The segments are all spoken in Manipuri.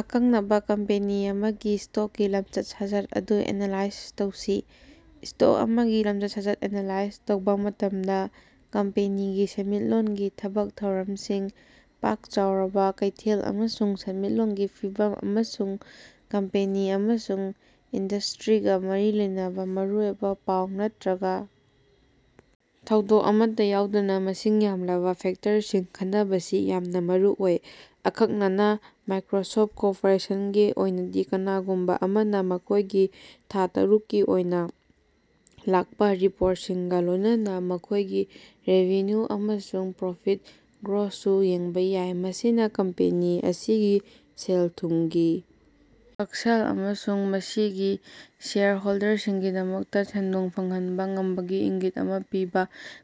ꯑꯀꯛꯅꯕꯥ ꯀꯝꯄꯦꯅꯤ ꯑꯃꯒꯤ ꯁ꯭ꯇꯣꯛꯀꯤ ꯂꯝꯆꯠ-ꯁꯥꯖꯠ ꯑꯗꯨ ꯑꯦꯅꯥꯂꯥꯏꯖ ꯇꯧꯁꯤ꯫ ꯁ꯭ꯇꯣꯛ ꯑꯃꯒꯤ ꯂꯝꯆꯠ-ꯁꯥꯖꯠ ꯑꯦꯅꯥꯂꯥꯏꯖ ꯇꯧꯕꯥ ꯃꯇꯝꯗꯥ, ꯀꯝꯄꯦꯅꯤꯒꯤ ꯁꯦꯟꯃꯤꯠꯂꯣꯟꯒꯤ ꯊꯕꯛ ꯊꯧꯔꯝꯁꯤꯡ, ꯄꯥꯛ ꯆꯥꯎꯔꯕꯥ ꯀꯩꯊꯦꯜ ꯑꯃꯁꯨꯡ ꯁꯦꯟꯃꯤꯠꯂꯣꯟꯒꯤ ꯐꯤꯚꯝ ꯑꯃꯁꯨꯡ ꯀꯝꯄꯦꯅꯤ ꯑꯃꯁꯨꯡ ꯏꯟꯗꯁꯇ꯭ꯔꯤꯒꯥ ꯃꯔꯤ ꯂꯩꯅꯕꯥ ꯃꯔꯨꯑꯣꯏꯕꯥ ꯄꯥꯎ ꯅꯠꯇ꯭ꯔꯒꯥ ꯊꯧꯗꯣꯛ ꯑꯃꯠꯇꯥ ꯌꯥꯎꯗꯅꯥ ꯃꯁꯤꯡ ꯌꯥꯝꯂꯕꯥ ꯐꯦꯛꯇꯔꯁꯤꯡ ꯈꯟꯅꯕꯁꯤ ꯌꯥꯝꯅꯥ ꯃꯔꯨꯑꯣꯏ꯫ ꯑꯀꯛꯅꯅꯥ ꯃꯥꯏꯀ꯭ꯔꯣꯁꯣꯞ ꯀꯣꯔꯄꯣꯔꯦꯁꯟꯒꯤ ꯑꯣꯏꯅꯗꯤ, ꯀꯅꯥꯒꯨꯝꯕꯥ ꯑꯃꯅꯥ ꯃꯈꯣꯏꯒꯤ ꯊꯥ ꯇꯔꯨꯛꯀꯤ ꯑꯣꯏꯅꯥ ꯂꯥꯛꯄꯥ ꯔꯤꯄꯣꯔꯠꯁꯤꯡꯒꯥ ꯂꯣꯏꯅꯅꯥ ꯃꯈꯣꯏꯒꯤ ꯔꯦꯚꯤꯅ꯭ꯌꯨ ꯑꯃꯁꯨꯡ ꯄ꯭ꯔꯣꯐꯤꯠ ꯒ꯭ꯔꯣꯠꯁꯨ ꯌꯦꯡꯕꯥ ꯌꯥꯏ꯫ ꯃꯁꯤꯅꯥ ꯀꯝꯄꯦꯅꯤ ꯑꯁꯤꯒꯤ ꯁꯦꯜ-ꯊꯨꯝꯒꯤ ꯍꯛꯁꯦꯜ ꯑꯃꯁꯨꯡ ꯃꯁꯤꯒꯤ ꯁꯦꯌꯔ ꯍꯣꯜꯗꯔꯁꯤꯡꯒꯤꯗꯃꯛꯇꯥ ꯁꯦꯟꯗꯣꯡ ꯐꯪꯍꯟꯕꯥ ꯉꯝꯕꯒꯤ ꯏꯪꯒꯤꯠ ꯑꯃꯥ ꯄꯤꯕꯥ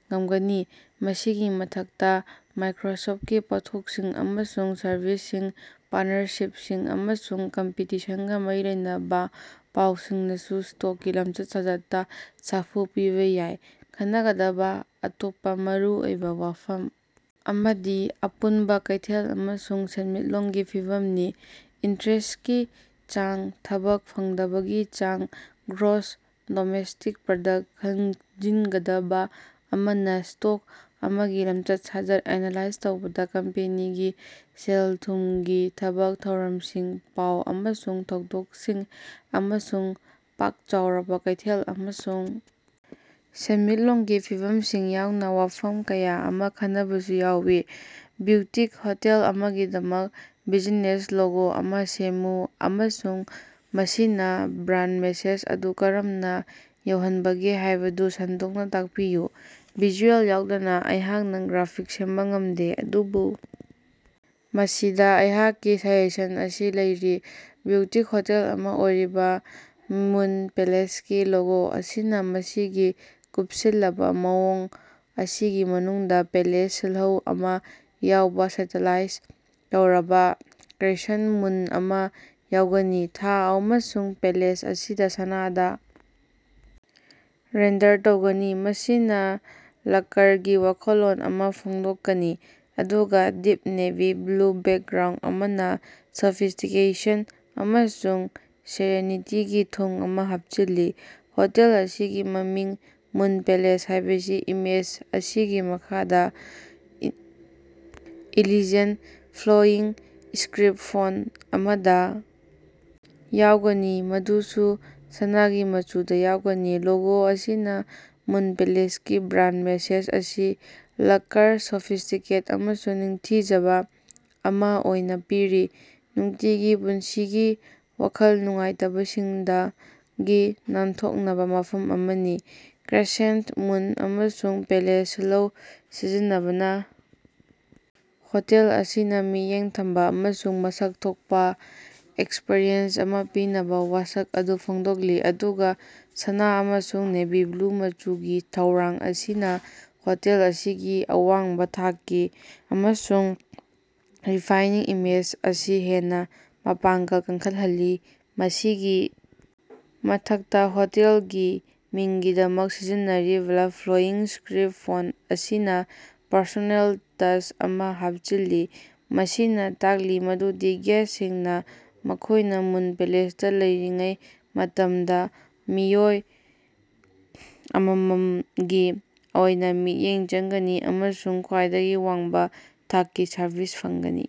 ꯉꯝꯒꯅꯤ꯫ ꯃꯁꯤꯒꯤ ꯃꯊꯛꯇꯥ, ꯃꯥꯏꯀ꯭ꯔꯣꯁꯣꯞꯀꯤ ꯄꯣꯠꯊꯣꯛꯁꯤꯡ ꯑꯃꯁꯨꯡ ꯁꯔꯚꯤꯁꯁꯤꯡ, ꯄꯥꯔꯠꯅꯔꯁꯤꯞꯁꯤꯡ ꯑꯃꯁꯨꯡ ꯀꯝꯄꯤꯇꯤꯁꯟꯒꯥ ꯃꯔꯤ ꯂꯩꯅꯕꯥ ꯄꯥꯎꯁꯤꯡꯅꯁꯨ ꯁ꯭ꯇꯣꯛꯀꯤ ꯂꯝꯆꯠ-ꯁꯥꯖꯠꯇꯥ ꯁꯥꯐꯨ ꯄꯤꯕꯥ ꯌꯥꯏ꯫ ꯈꯟꯅꯒꯗꯕꯥ ꯑꯇꯣꯞꯄꯥ ꯃꯔꯨꯑꯣꯏꯕꯥ ꯋꯥꯐꯝ ꯑꯃꯗꯤ ꯑꯄꯨꯟꯕꯥ ꯀꯩꯊꯦꯜ ꯑꯃꯁꯨꯡ ꯁꯦꯟꯃꯤꯠꯂꯣꯟꯒꯤ ꯐꯤꯚꯝꯅꯤ꯫ ꯏꯟꯇꯔꯦꯁꯀꯤ ꯆꯥꯡ, ꯊꯕꯛ ꯐꯪꯗꯕꯒꯤ ꯆꯥꯡ, ꯒ꯭ꯔꯣꯁ ꯗꯣꯃꯦꯁꯇꯤꯛ ꯄ꯭ꯔꯥꯗꯛ ꯈꯪꯖꯤꯟꯒꯗꯕꯥ ꯑꯃꯅꯥ, ꯁ꯭ꯇꯣꯛ ꯑꯃꯒꯤ ꯂꯝꯆꯠ-ꯁꯥꯖꯠ ꯑꯦꯅꯥꯂꯥꯏꯖ ꯇꯧꯕꯗꯥ ꯀꯝꯄꯦꯅꯤꯒꯤ ꯁꯦꯜ-ꯊꯨꯝꯒꯤ ꯊꯕꯛ ꯊꯧꯔꯝꯁꯤꯡ, ꯄꯥꯎ ꯑꯃꯁꯨꯡ ꯊꯧꯗꯣꯛꯁꯤꯡ ꯑꯃꯁꯨꯡ ꯄꯥꯛ ꯆꯥꯎꯔꯕꯥ ꯀꯩꯊꯦꯜ ꯑꯃꯁꯨꯡ ꯁꯦꯟꯃꯤꯠꯂꯣꯟꯒꯤ ꯐꯤꯚꯝꯁꯤꯡ ꯌꯥꯎꯅꯥ ꯋꯥꯐꯝ ꯀꯌꯥ ꯑꯃꯥ ꯈꯟꯅꯕꯁꯨ ꯌꯥꯎꯏ꯫ ꯕ꯭ꯌꯨꯇꯤꯛ ꯍꯣꯇꯦꯜ ꯑꯃꯒꯤꯗꯃꯛ ꯕꯤꯖꯤꯅꯦꯁ ꯂꯣꯒꯣ ꯑꯃꯥ ꯁꯦꯝꯃꯨ ꯑꯃꯁꯨꯡ ꯃꯁꯤꯅꯥ ꯕ꯭ꯔꯥꯟ ꯃꯦꯁꯦꯖ ꯑꯗꯨ ꯀꯔꯝꯅꯥ ꯌꯧꯍꯟꯕꯒꯦ ꯍꯥꯏꯕꯗꯨ ꯁꯟꯗꯣꯛꯅꯥ ꯇꯥꯛꯄꯤꯌꯨ꯫ ꯚꯤꯖꯨꯑꯦꯜ ꯌꯥꯎꯗꯅꯥ ꯑꯩꯍꯥꯛꯅꯥ ꯒ꯭ꯔꯥꯐꯤꯛꯁ ꯁꯦꯝꯕꯥ ꯉꯝꯗꯦ꯫ ꯑꯗꯨꯕꯨ ꯑꯁꯤꯗꯥ ꯑꯩꯍꯥꯛꯀꯤ ꯁꯖꯦꯁꯟ ꯑꯁꯤ ꯂꯩꯔꯤ꯫ ꯕ꯭ꯌꯨꯇꯤꯛ ꯍꯣꯇꯦꯜ ꯑꯃꯥ ꯑꯣꯏꯔꯤꯕꯥ ꯃꯨꯟ ꯄꯦꯂꯦꯁꯀꯤ ꯂꯣꯒꯣ ꯑꯁꯤꯅꯥ ꯃꯁꯤꯒꯤ ꯀꯨꯞꯁꯤꯜꯂꯕꯥ ꯃꯑꯣꯡ ꯑꯁꯤꯒꯤ ꯃꯅꯨꯡꯗꯥ ꯄꯦꯂꯦꯁ ꯁꯤꯜꯍꯧ ꯑꯃꯥ ꯌꯥꯎꯕꯥ ꯁ꯭ꯇꯥꯏꯂꯥꯏꯖ ꯇꯧꯔꯕꯥ ꯀ꯭ꯔꯦꯁꯦꯟ ꯃꯨꯟ ꯑꯃꯥ ꯌꯥꯎꯒꯅꯤ꯫ ꯊꯥ ꯑꯃꯁꯨꯡ ꯄꯦꯂꯦꯁ ꯑꯁꯤ ꯁꯅꯥꯗꯥ ꯔꯦꯟꯗꯔ ꯇꯧꯒꯅꯤ, ꯃꯁꯤꯅꯥ ꯂꯛꯀꯔꯒꯤ ꯋꯥꯈꯜꯂꯣꯟ ꯑꯃꯥ ꯐꯣꯡꯗꯣꯛꯀꯅꯤ, ꯑꯗꯨꯒꯥ ꯗꯤꯞ ꯅꯦꯚꯤ ꯕ꯭ꯂꯨ ꯕꯦꯛꯒ꯭ꯔꯥꯎꯟ ꯑꯃꯅꯥ ꯁꯣꯐꯤꯁꯇꯤꯀꯦꯁꯟ ꯑꯃꯁꯨꯡ ꯁꯦꯔꯦꯅꯤꯇꯤꯒꯤ ꯊꯣꯡ ꯑꯃꯥ ꯍꯥꯞꯆꯤꯜꯂꯤ꯫ ꯍꯣꯇꯦꯜ ꯑꯁꯤꯒꯤ ꯃꯃꯤꯡ ꯃꯨꯟ ꯄꯦꯂꯦꯁ ꯍꯥꯏꯕꯁꯤ ꯏꯃꯦꯖ ꯑꯁꯤꯒꯤ ꯃꯈꯥꯗꯥ ꯏꯂꯤꯖꯦꯟ, ꯐ꯭ꯂꯣꯌꯤꯡ ꯏꯁꯀ꯭ꯔꯤꯞ ꯐꯣꯟ ꯑꯃꯗꯥ ꯌꯥꯎꯒꯅꯤ, ꯃꯗꯨꯁꯨ ꯁꯅꯥꯒꯤ ꯃꯆꯨꯗꯥ ꯌꯥꯎꯒꯅꯤ꯫ ꯂꯣꯒꯣ ꯑꯁꯤꯅꯥ ꯃꯨꯟ ꯄꯦꯂꯦꯁꯀꯤ ꯕ꯭ꯔꯥꯟꯗ ꯃꯦꯁꯦꯖ ꯑꯁꯤ ꯂꯛꯀꯔ, ꯁꯣꯐꯤꯁꯇꯤꯀꯦꯠ ꯑꯃꯁꯨꯡ ꯅꯤꯡꯊꯤꯖꯕ ꯑꯃꯥ ꯑꯣꯏꯅꯥ ꯄꯤꯔꯤ – ꯅꯨꯡꯇꯤꯒꯤ ꯄꯨꯟꯁꯤꯒꯤ ꯋꯥꯈꯜ ꯅꯨꯡꯉꯥꯏꯇꯕꯁꯤꯡꯗꯒꯤ ꯅꯥꯟꯊꯣꯛꯅꯕꯥ ꯃꯐꯝ ꯑꯃꯅꯤ꯫ ꯀ꯭ꯔꯦꯁꯦꯟꯇ ꯃꯨꯟ ꯑꯃꯁꯨꯡ ꯄꯦꯂꯦꯁ ꯁꯤꯜꯍꯧ ꯁꯤꯖꯤꯟꯅꯕꯅꯥ ꯍꯣꯇꯦꯜ ꯑꯁꯤꯅꯥ ꯃꯤꯠꯌꯦꯡ ꯊꯝꯕꯥ ꯑꯃꯁꯨꯡ ꯃꯁꯛ ꯊꯣꯛꯄꯥ ꯑꯦꯛꯁꯄ꯭ꯔꯤꯌꯦꯟꯁ ꯑꯃꯥ ꯄꯤꯅꯕꯥ ꯋꯥꯁꯛ ꯑꯗꯨ ꯐꯣꯡꯗꯣꯛꯂꯤ, ꯑꯗꯨꯒꯥ ꯁꯅꯥ ꯑꯃꯁꯨꯡ ꯅꯦꯚꯤ ꯕ꯭ꯂꯨ ꯃꯆꯨꯒꯤ ꯊꯧꯔꯥꯡ ꯑꯁꯤꯅꯥ ꯍꯣꯇꯦꯜ ꯑꯁꯤꯒꯤ ꯑꯋꯥꯡꯕꯥ ꯊꯥꯛꯀꯤ ꯑꯃꯁꯨꯡ ꯔꯤꯐꯥꯏꯅꯤꯡ ꯏꯃꯦꯖ ꯑꯁꯤ ꯍꯦꯟꯅꯥ ꯃꯄꯥꯡꯒꯜ ꯀꯟꯈꯠꯍꯜꯂꯤ꯫ ꯃꯁꯤꯒꯤ ꯃꯊꯛꯇꯥ, ꯍꯣꯇꯦꯜꯒꯤ ꯃꯤꯡꯒꯤꯗꯃꯛꯇꯥ ꯁꯤꯖꯤꯟꯅꯔꯤꯕꯥ ꯐ꯭ꯂꯣꯌꯤꯡ ꯏꯁꯀ꯭ꯔꯤꯞ ꯐꯣꯟ ꯑꯁꯤꯅꯥ ꯄꯔꯁꯣꯅꯦꯜ ꯇꯁ ꯑꯃꯥ ꯍꯥꯞꯆꯤꯜꯂꯤ, ꯃꯁꯤꯅꯥ ꯇꯥꯛꯂꯤ ꯃꯗꯨꯗꯤ ꯒꯦꯁꯁꯤꯡꯅꯥ ꯃꯈꯣꯏꯅꯥ ꯃꯨꯟ ꯄꯦꯂꯦꯁꯇꯥ ꯂꯩꯔꯤꯉꯩ ꯃꯇꯝꯗꯥ ꯃꯤꯑꯣꯏ ꯑꯃꯃꯝꯒꯤ ꯑꯣꯏꯅꯥ ꯃꯤꯠꯌꯦꯡ ꯆꯪꯒꯅꯤ ꯑꯃꯁꯨꯡ ꯈ꯭ꯋꯥꯏꯗꯒꯤ ꯋꯥꯡꯕꯥ ꯊꯥꯛꯀꯤ ꯁꯔꯚꯤꯁ ꯐꯪꯒꯅꯤ꯫